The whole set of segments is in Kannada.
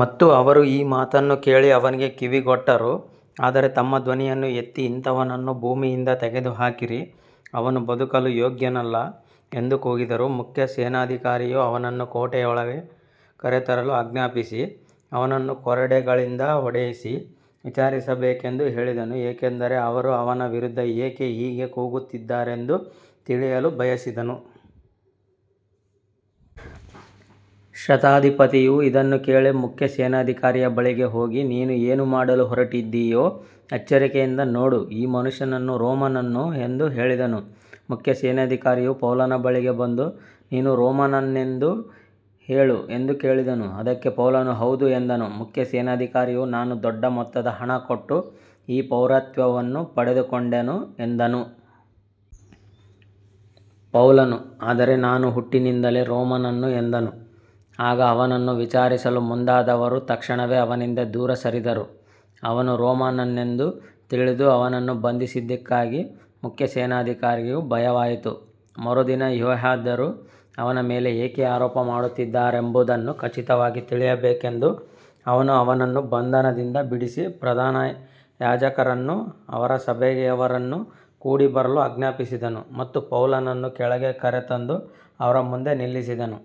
ಮತ್ತು ಅವರು ಈ ಮಾತನ್ನು ಕೇಳಿ ಅವನಿಗೆ ಕಿವಿಗೊಟ್ಟರು, ಆದರೆ ತಮ್ಮ ಧ್ವನಿಯನ್ನು ಎತ್ತಿ ಇಂಥವನನ್ನು ಭೂಮಿಯಿಂದ ತೆಗೆದುಹಾಕಿರಿ, ಅವನು ಬದುಕಲು ಯೋಗ್ಯನಲ್ಲ ಎಂದು ಕೂಗಿದರು. ಮುಖ್ಯ ಸೇನಾಧಿಕಾರಿಯು ಅವನನ್ನು ಕೋಟೆಯೊಳಗೆ ಕರೆತರಲು ಆಜ್ಞಾಪಿಸಿ, ಅವನನ್ನು ಕೊರಡೆಗಳಿಂದ ಹೊಡೆಯಿಸಿ ವಿಚಾರಿಸಬೇಕೆಂದು ಹೇಳಿದನು, ಏಕೆಂದರೆ ಅವರು ಅವನ ವಿರುದ್ಧ ಏಕೆ ಹೀಗೆ ಕೂಗುತ್ತಿದ್ದಾರೆಂದು ತಿಳಿಯಲು ಬಯಸಿದನು. ಶತಾಧಿಪತಿಯು ಇದನ್ನು ಕೇಳಿ ಮುಖ್ಯ ಸೇನಾಧಿಕಾರಿಯ ಬಳಿಗೆ ಹೋಗಿ, ನೀನು ಏನು ಮಾಡಲು ಹೊರಟಿದ್ದೀಯೋ ಎಚ್ಚರಿಕೆಯಿಂದ ನೋಡು, ಈ ಮನುಷ್ಯನು ರೋಮನ್ನನು ಎಂದು ಹೇಳಿದನು. ಮುಖ್ಯ ಸೇನಾಧಿಕಾರಿಯು ಪೌಲನ ಬಳಿಗೆ ಬಂದು, ನೀನು ರೋಮನ್ನನೆಂದು ಹೇಳು ಎಂದು ಕೇಳಿದನು. ಅದಕ್ಕೆ ಪೌಲನು, ಹೌದು ಎಂದನು. ಮುಖ್ಯ ಸೇನಾಧಿಕಾರಿಯು, ನಾನು ದೊಡ್ಡ ಮೊತ್ತದ ಹಣ ಕೊಟ್ಟು ಈ ಪೌರತ್ವವನ್ನು ಪಡೆದುಕೊಂಡೆನು ಎಂದನು. ಪೌಲನು, ಆದರೆ ನಾನು ಹುಟ್ಟಿನಿಂದಲೇ ರೋಮನ್ನನು ಎಂದನು. ಆಗ ಅವನನ್ನು ವಿಚಾರಿಸಲು ಮುಂದಾದವರು ತಕ್ಷಣವೇ ಅವನಿಂದ ದೂರ ಸರಿದರು. ಅವನು ರೋಮನ್ನನೆಂದು ತಿಳಿದು ಅವನನ್ನು ಬಂಧಿಸಿದ್ದಕ್ಕಾಗಿ ಮುಖ್ಯ ಸೇನಾಧಿಕಾರಿಗೂ ಭಯವಾಯಿತು. ಮರುದಿನ ಯೆಹೂದ್ಯರು ಅವನ ಮೇಲೆ ಏಕೆ ಆರೋಪ ಮಾಡುತ್ತಿದ್ದಾರೆಂಬುದನ್ನು ಖಚಿತವಾಗಿ ತಿಳಿಯಬೇಕೆಂದು ಅವನು ಅವನನ್ನು ಬಂಧನದಿಂದ ಬಿಡಿಸಿ, ಪ್ರಧಾನ ಯಾಜಕರನ್ನೂ ಅವರ ಸಭೆಯವರನ್ನೂ ಕೂಡಿಬರಲು ಆಜ್ಞಾಪಿಸಿದನು ಮತ್ತು ಪೌಲನನ್ನು ಕೆಳಗೆ ಕರೆತಂದು ಅವರ ಮುಂದೆ ನಿಲ್ಲಿಸಿದನು.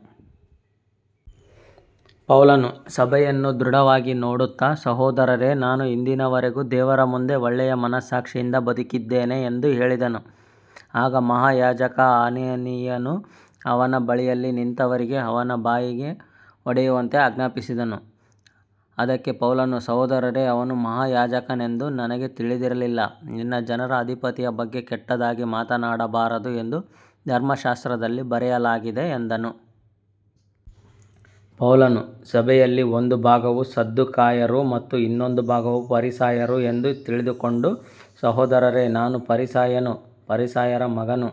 ಪೌಲನು ಸಭೆಯನ್ನು ದೃಢವಾಗಿ ನೋಡುತ್ತಾ, ಸಹೋದರರೇ, ನಾನು ಇಂದಿನವರೆಗೂ ದೇವರ ಮುಂದೆ ಒಳ್ಳೆಯ ಮನಸ್ಸಾಕ್ಷಿಯಿಂದ ಬದುಕಿದ್ದೇನೆ ಎಂದು ಹೇಳಿದನು. ಆಗ ಮಹಾಯಾಜಕ ಅನನೀಯನು ಅವನ ಬಳಿಯಲ್ಲಿ ನಿಂತವರಿಗೆ ಅವನ ಬಾಯಿಗೆ ಹೊಡೆಯುವಂತೆ ಆಜ್ಞಾಪಿಸಿದನು. ಅದಕ್ಕೆ ಪೌಲನು, ಸಹೋದರರೇ, ಅವನು ಮಹಾಯಾಜಕನೆಂದು ನನಗೆ ತಿಳಿದಿರಲಿಲ್ಲ, ನಿನ್ನ ಜನರ ಅಧಿಪತಿಯ ಬಗ್ಗೆ ಕೆಟ್ಟದಾಗಿ ಮಾತನಾಡಬಾರದು ಎಂದು ಧರ್ಮಶಾಸ್ತ್ರದಲ್ಲಿ ಬರೆಯಲಾಗಿದೆ ಎಂದನು. ಪೌಲನು ಸಭೆಯಲ್ಲಿ ಒಂದು ಭಾಗವು ಸದ್ದುಕಾಯರು ಮತ್ತು ಇನ್ನೊಂದು ಭಾಗವು ಫರಿಸಾಯರು ಎಂದು ತಿಳಿದುಕೊಂಡು, ಸಹೋದರರೇ, ನಾನು ಫರಿಸಾಯನು, ಫರಿಸಾಯರ ಮಗನು,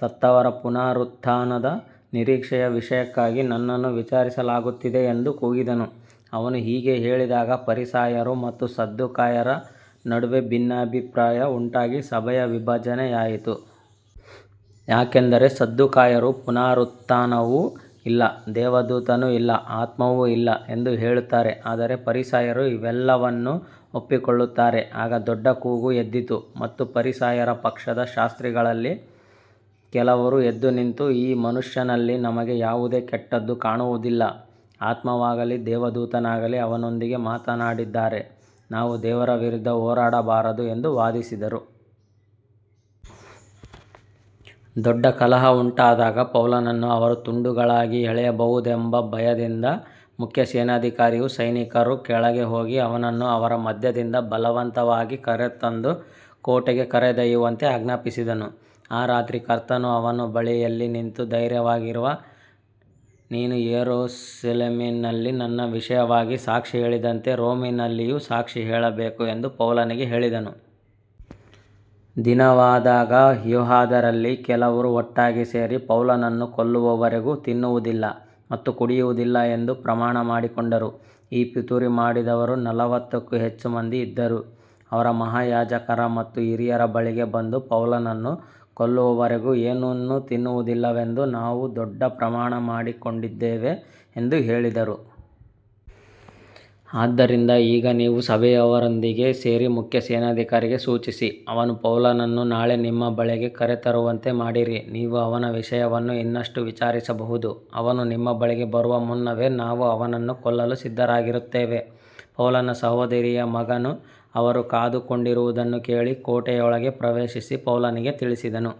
ಸತ್ತವರ ಪುನರುತ್ಥಾನದ ನಿರೀಕ್ಷೆಯ ವಿಷಯಕ್ಕಾಗಿ ನನ್ನನ್ನು ವಿಚಾರಿಸಲಾಗುತ್ತಿದೆ ಎಂದು ಕೂಗಿದನು. ಅವನು ಹೀಗೆ ಹೇಳಿದಾಗ ಫರಿಸಾಯರು ಮತ್ತು ಸದ್ದುಕಾಯರ ನಡುವೆ ಭಿನ್ನಾಭಿಪ್ರಾಯ ಉಂಟಾಗಿ ಸಭೆಯು ವಿಭಜನೆಯಾಯಿತು. ಯಾಕಂದರೆ ಸದ್ದುಕಾಯರು ಪುನರುತ್ಥಾನವೂ ಇಲ್ಲ, ದೇವದೂತನೂ ಇಲ್ಲ, ಆತ್ಮವೂ ಇಲ್ಲ ಎಂದು ಹೇಳುತ್ತಾರೆ, ಆದರೆ ಫರಿಸಾಯರು ಇವೆಲ್ಲವನ್ನೂ ಒಪ್ಪಿಕೊಳ್ಳುತ್ತಾರೆ. ಆಗ ದೊಡ್ಡ ಕೂಗು ಎದ್ದಿತು ಮತ್ತು ಫರಿಸಾಯರ ಪಕ್ಷದ ಶಾಸ್ತ್ರಿಗಳಲ್ಲಿ ಕೆಲವರು ಎದ್ದು ನಿಂತು, ಈ ಮನುಷ್ಯನಲ್ಲಿ ನಮಗೆ ಯಾವುದೇ ಕೆಟ್ಟದ್ದೂ ಕಾಣುವುದಿಲ್ಲ, ಆತ್ಮವಾಗಲಿ ದೇವದೂತನಾಗಲಿ ಅವನೊಂದಿಗೆ ಮಾತನಾಡಿದ್ದರೆ ನಾವು ದೇವರ ವಿರುದ್ಧ ಹೋರಾಡಬಾರದು ಎಂದು ವಾದಿಸಿದರು. ದೊಡ್ಡ ಕಲಹ ಉಂಟಾದಾಗ ಪೌಲನನ್ನು ಅವರು ತುಂಡುಗಳಾಗಿ ಎಳೆಯಬಹುದೆಂಬ ಭಯದಿಂದ ಮುಖ್ಯ ಸೇನಾಧಿಕಾರಿಯು ಸೈನಿಕರು ಕೆಳಗೆ ಹೋಗಿ ಅವನನ್ನು ಅವರ ಮಧ್ಯದಿಂದ ಬಲವಂತವಾಗಿ ಕರೆತಂದು ಕೋಟೆಗೆ ಕರೆದೊಯ್ಯುವಂತೆ ಆಜ್ಞಾಪಿಸಿದನು. ಆ ರಾತ್ರಿ ಕರ್ತನು ಅವನ ಬಳಿಯಲ್ಲಿ ನಿಂತು, ಧೈರ್ಯವಾಗಿರು, ನೀನು ಯೆರೂಸಲೇಮಿನಲ್ಲಿ ನನ್ನ ವಿಷಯವಾಗಿ ಸಾಕ್ಷಿ ಹೇಳಿದಂತೆ ರೋಮಿನಲ್ಲಿಯೂ ಸಾಕ್ಷಿ ಹೇಳಬೇಕು ಎಂದು ಪೌಲನಿಗೆ ಹೇಳಿದನು. ದಿನವಾದಾಗ ಯೆಹೂದ್ಯರಲ್ಲಿ ಕೆಲವರು ಒಟ್ಟಾಗಿ ಸೇರಿ, ಪೌಲನನ್ನು ಕೊಲ್ಲುವವರೆಗೂ ತಿನ್ನುವುದಿಲ್ಲ ಮತ್ತು ಕುಡಿಯುವುದಿಲ್ಲ ಎಂದು ಪ್ರಮಾಣ ಮಾಡಿಕೊಂಡರು. ಈ ಪಿತೂರಿ ಮಾಡಿದವರು ನಲವತ್ತಕ್ಕೂ ಹೆಚ್ಚು ಮಂದಿ ಇದ್ದರು. ಅವರು ಮಹಾಯಾಜಕರ ಮತ್ತು ಹಿರಿಯರ ಬಳಿಗೆ ಬಂದು, ಪೌಲನನ್ನು ಕೊಲ್ಲುವವರೆಗೂ ಏನನ್ನೂ ತಿನ್ನುವುದಿಲ್ಲವೆಂದು ನಾವು ದೊಡ್ಡ ಪ್ರಮಾಣ ಮಾಡಿಕೊಂಡಿದ್ದೇವೆ ಎಂದು ಹೇಳಿದರು. ಆದ್ದರಿಂದ ಈಗ ನೀವು ಸಭೆಯವರೊಂದಿಗೆ ಸೇರಿ ಮುಖ್ಯ ಸೇನಾಧಿಕಾರಿಗೆ ಸೂಚಿಸಿ, ಅವನು ಪೌಲನನ್ನು ನಾಳೆ ನಿಮ್ಮ ಬಳಿಗೆ ಕರೆತರುವಂತೆ ಮಾಡಿರಿ, ನೀವು ಅವನ ವಿಷಯವನ್ನು ಇನ್ನಷ್ಟು ವಿಚಾರಿಸಬಹುದು. ಅವನು ನಿಮ್ಮ ಬಳಿಗೆ ಬರುವ ಮುನ್ನವೇ ನಾವು ಅವನನ್ನು ಕೊಲ್ಲಲು ಸಿದ್ಧರಾಗಿರುತ್ತೇವೆ. ಪೌಲನ ಸಹೋದರಿಯ ಮಗನು ಅವರು ಕಾದುಕೊಂಡಿರುವುದನ್ನು ಕೇಳಿ ಕೋಟೆಯೊಳಗೆ ಪ್ರವೇಶಿಸಿ ಪೌಲನಿಗೆ ತಿಳಿಸಿದನು.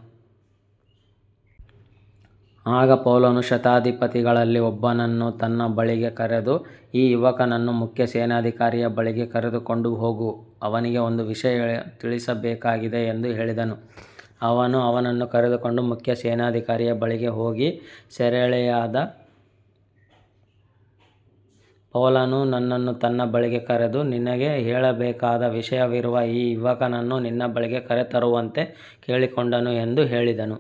ಆಗ ಪೌಲನು ಶತಾಧಿಪತಿಗಳಲ್ಲಿ ಒಬ್ಬನನ್ನು ತನ್ನ ಬಳಿಗೆ ಕರೆದು, ಈ ಯುವಕನನ್ನು ಮುಖ್ಯ ಸೇನಾಧಿಕಾರಿಯ ಬಳಿಗೆ ಕರೆದುಕೊಂಡು ಹೋಗು, ಅವನಿಗೆ ಒಂದು ವಿಷಯ ತಿಳಿಸಬೇಕಾಗಿದೆ ಎಂದು ಹೇಳಿದನು. ಅವನು ಅವನನ್ನು ಕರೆದುಕೊಂಡು ಮುಖ್ಯ ಸೇನಾಧಿಕಾರಿಯ ಬಳಿಗೆ ಹೋಗಿ, ಸೆರೆಯಾಳಾದ ಪೌಲನು ನನ್ನನ್ನು ತನ್ನ ಬಳಿಗೆ ಕರೆದು, ನಿನಗೆ ಹೇಳಬೇಕಾದ ವಿಷಯವಿರುವ ಈ ಯುವಕನನ್ನು ನಿನ್ನ ಬಳಿಗೆ ಕರೆತರುವಂತೆ ಕೇಳಿಕೊಂಡನು ಎಂದು ಹೇಳಿದನು.